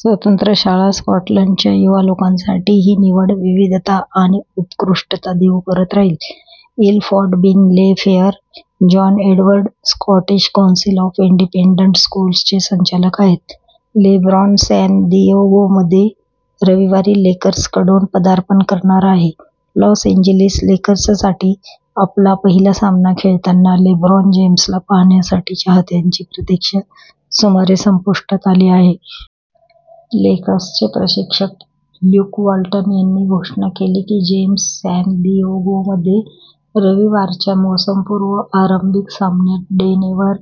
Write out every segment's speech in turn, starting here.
स्वतंत्र शाळा स्कॉटलंडच्या युवा लोकांसाठी ही निवड, विविधता आणि उत्कृष्टता देऊ करत राहील. इल फॉट बीन ले फेअर. John Edward Scottish council of independent स्कूल्सचे संचालक आहेत. लेब्रॉन सॅन दिएगोमध्ये रविवारी लेकर्सकडून पदार्पण करणार आहे लॉस एंजेलिस लेकर्ससाठी आपला पहिला सामना खेळताना लेब्रॉन जेम्सला पाहण्यासाठी चाहत्यांची प्रतीक्षा सुमारे संपुष्टात आली आहे. लेकर्सचे प्रशिक्षक ल्युक वाल्टन यांनी घोषणा केली की जेम्स सॅन दिएगोमध्ये रविवारच्या मोसमपूर्व आरंभिक सामन्यात डेनेव्हर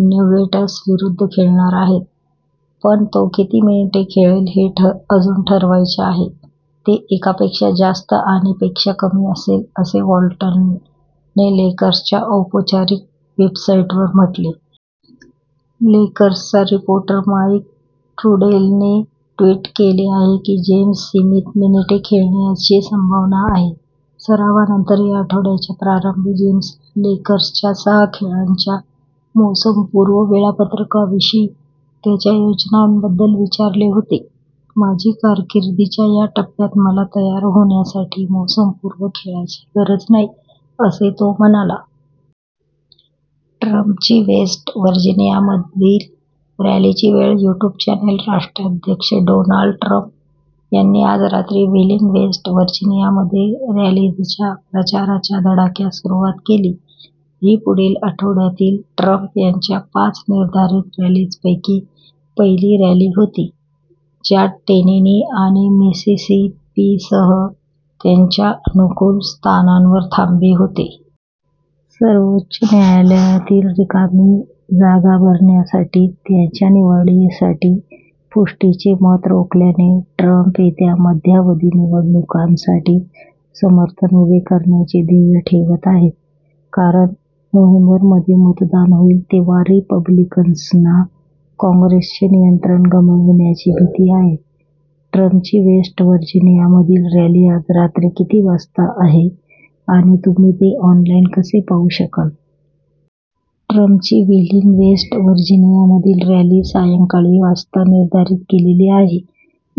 नुगेट्सविरुद्ध खेळणार आहे. पण तो किती मिनिटे खेळेल हे अजून ठरवायचे आहे. "ते एकापेक्षा जास्त आणि पेक्षा कमी असेल," असे वाल्टनने लेकर्स"च्या औपचारिक वेबसाईटवर म्हटले. लेकर्सचा रिपोर्टर माईक ट्रुडेलने ट्विट केले आहे की जेम्स सीमित मिनिटे खेळण्याची संभावना आहे. सरावानंतर या आठवड्याच्या प्रारंभी जेम्सला लेकर्स"च्या सहा खेळांच्या मोसमपूर्व वेळापत्रकाविषयी त्याच्या योजनांबद्दल विचारले होते. "माझी कारकीर्दीच्या या टप्प्यात मला तयार होण्यासाठी मोसमपूर्व खेळाची गरज नाही," असे तो म्हणाला. ट्रम्पची वेस्ट व्हर्जिनियामधील रॅलीची वेळ, यूट्यूब चॅनल राष्ट्राध्यक्ष डोनाल्ड ट्रम्प यांनी आज रात्री व्हीलिंग, वेस्ट व्हर्जिनियामध्ये रॅलीजच्या प्रचाराच्या धडाक्यास सुरुवात केली. ही पुढील आठवड्यातील ट्रम्प यांच्या पाच निर्धारित रॅलीजपैकी पहिली रॅली होती, ज्यात टेनेसी आणि मिसिसिपीसह त्यांच्या अनुकूल स्थानांवर थांबे होते. सर्वोच्च न्यायालयातील रिकामी जागा भरण्यासाठी त्याच्या निवडीसाठी पुष्टीचे मत रोखल्याने, ट्रम्प येत्या मध्यावधी निवडणुकांसाठी समर्थन उभे करण्याचे ध्येय ठेवत आहेत, कारण नोव्हेंबरमध्ये मतदान होईल तेव्हा रिपब्लिकन्सना कॉंग्रेसचे नियंत्रण गमाविण्याची भीती आहे. ट्रम्पची वेस्ट व्हर्जिनियामधील रॅली आज रात्री किती वाजता आहे आणि तुम्ही ते ऑनलाईन कसे पाहू शकाल? ट्रम्पची व्हीलिंग, वेस्ट व्हर्जिनियामधील रॅली सायंकाळी वाजता निर्धारित केलेली आहे.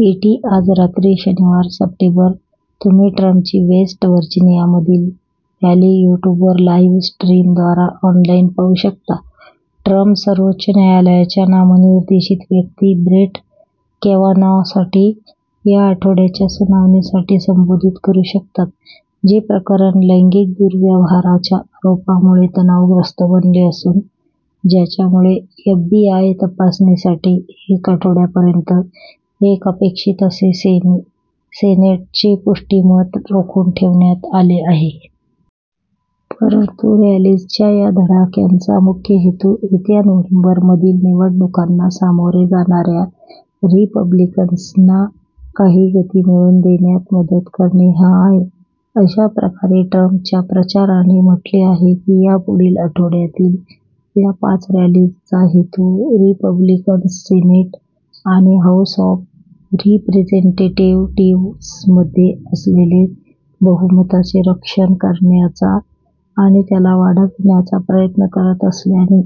ईटी आज रात्री, शनिवार, सप्टेंबर,. तुम्ही ट्रम्पची वेस्ट व्हर्जिनियामधील रॅली यूट्यूबवर लाइव्ह स्ट्रीमद्वारा ऑनलाईन पाहू शकता. ट्रम्प सर्वोच्च न्यायालयाच्या नामनिर्देशित व्यक्ती, ब्रेट कॅवानॉसाठी या आठवड्याच्या सुनावणीसाठी संबोधित करू शकतात, जे प्रकरण लैंगिक दुर्व्यवहाराच्या आरोपांमुळे तणावग्रस्त बनले असून, ज्यामुळे एफबीआय तपासणीसाठी एका आठवड्यापर्यंत एक अपेक्षित असे सेनेटचे पुष्टी मत रोखून ठेवण्यात आले आहे. परंतु रॅलीजच्या या धडक्यांचा मुख्य हेतू येत्या नोव्हेंबरमधील निवडणुकांना सामोरे जाणाऱ्या रिपब्लिकन्सना काही गति मिळवून देण्यात मदत करणे हा आहे. अशा प्रकारे, ट्रम्पच्या प्रचाराने म्हटले आहे की या पुढील आठवड्यातील या पाच रॅलीजचा हेतू "रिपब्लिकन्स सेनेट आणि हाऊस ऑफ रिप्रेझेंटेटिवजमध्ये असलेले बहुमताचे रक्षण करण्याचा आणि त्याला वाढविण्याचा प्रयत्न करत असल्याने,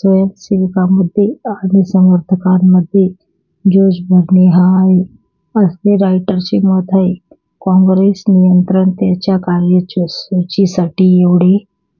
स्वयंसेवकांमध्ये आणि समर्थकांमध्ये जोश भरणे हा आहे," असे रॉयटरचे मत आहे. "कॉंग्रेसचे नियंत्रण त्यांच्या कार्यसूचीसाठी एवढे